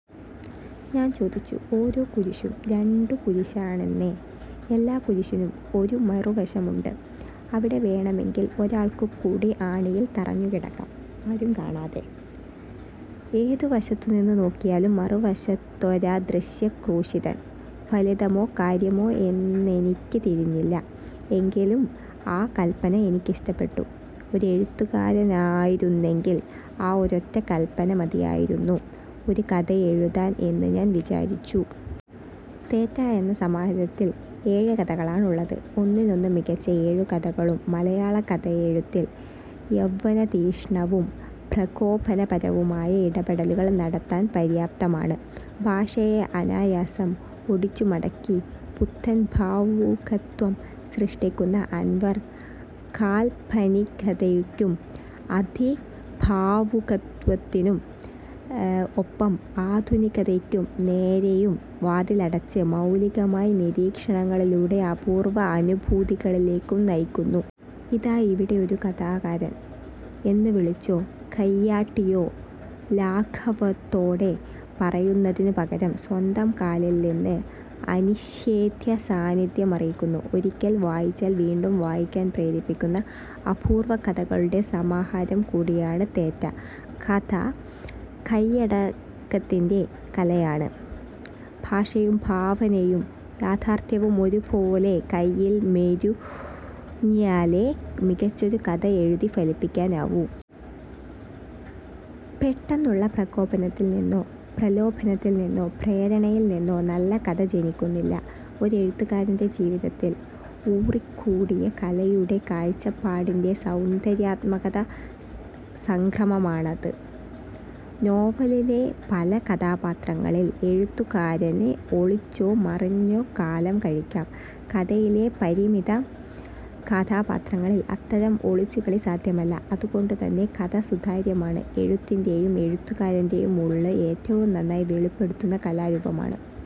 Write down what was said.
ഞാൻ ചോദിച്ചു. ഓരോ കുരിശും രണ്ടു കുരിശാണെന്നേ. എല്ലാ കുരിശിനും ഒരു മറുവശവുമുണ്ട്. അവിടെ വേണമെങ്കിൽ ഒരാൾക്കു കൂടി ആണിയിൽ തറഞ്ഞുകിടക്കാം; ആരും കാണാതെ. ഏതു വശത്തുനിന്നു നോക്കിയാലും മറുവശത്തൊരദൃശ്യ ക്രൂശിതൻ. ഫലിതമോ കാര്യമോ എന്നെനിക്കു തിരിഞ്ഞില്ല. എങ്കിലും ആ കൽപന എനിക്കിഷ്ടപ്പെട്ടു. ഒരെഴുത്തുകാരനായിരുന്നെങ്കിൽ, ആ ഒരൊറ്റ കൽപന മതിയായിരുന്നു, ഒരു കഥയെഴുതാൻ എന്നും ഞാൻ വിചാരിച്ചു. തേറ്റ എന്ന സമാഹാരത്തിൽ ഏഴു കഥകളാണുള്ളത്. ഒന്നിനൊന്നു മികച്ച ഏഴു കഥകളും മലയാള കഥയെഴുത്തിൽ യൗവനതീക്ഷ്ണവും പ്രകോപനപരവുമായ ഇടപെടലുകൾ നടത്താൻ പര്യാപ്തമാണ്. ഭാഷയെ അനായാസം ഒടിച്ചുമടക്കി പുത്തൻ ഭാവുകത്വം സൃഷ്ടിക്കുന്ന അൻവർ, കാൽപനികതയ്ക്കും അതിഭാവുകത്വത്തിനും ഒപ്പം ആധുനികതയ്ക്കു നേരെയും വാതിലടച്ച്, മൗലികമായ നിരീക്ഷണങ്ങളിലൂടെ അപൂർവ അനുഭൂതികളിലേക്കു നയിക്കുന്നു. ഇതാ, ഇവിടെ ഒരു കഥാകാരൻ എന്നു വിളിച്ചോ കയ്യാട്ടിയോ ലാഘവത്തോടെ പറയുന്നതിനു പകരം, സ്വന്തം കാലിൽ നിന്ന് അനിഷേധ്യ സാന്നിധ്യം അറിയിക്കുന്നു. ഒരിക്കൽ വായിച്ചാൽ വീണ്ടും വായിക്കാൻ പ്രേരിപ്പിക്കുന്ന അപൂർവ കഥകളുടെ സമാഹാരം കൂടിയാണു തേറ്റ. കഥ കയ്യടക്കത്തിന്റെ കലയാണ്. ഭാഷയും ഭാവനയും യാഥാർഥ്യവും ഒരുപോലെ കയ്യിൽ മെരുങ്ങിയാലേ മികച്ചൊരു കഥ എഴുതി ഫലിപ്പിക്കാനാവൂ. പെട്ടെന്നുള്ള പ്രകോപനത്തിൽ നിന്നോ, പ്രലോഭനത്തിൽ നിന്നോ, പ്രേരണയിൽ നിന്നോ നല്ല കഥ ജനിക്കുന്നില്ല. ഒരു എഴുത്തുകാരന്റെ ജീവിതത്തിൽ ഊറിക്കൂടിയ കലയുടെയും കാഴ്ചപ്പാടിന്റെയും സൗന്ദര്യാത്മകമായ സംഗ്രഹമാണത്. നോവലിലെ പല കഥാപാത്രങ്ങളിൽ എഴുത്തുകാരന് ഒളിച്ചോ മറഞ്ഞോ കാലം കഴിക്കാം. കഥയിലെ പരിമിത കഥാപാത്രങ്ങളിൽ അത്തരം ഒളിച്ചുകളി സാധ്യമല്ല. അതുകൊണ്ടുതന്നെ കഥ സുതാര്യമാണ്, എഴുത്തിന്റെയും എഴുത്തുകാരന്റെയും ഉള്ള് ഏറ്റവും നന്നായി വെളിപ്പെടുത്തുന്ന കലാരൂപമാണ്.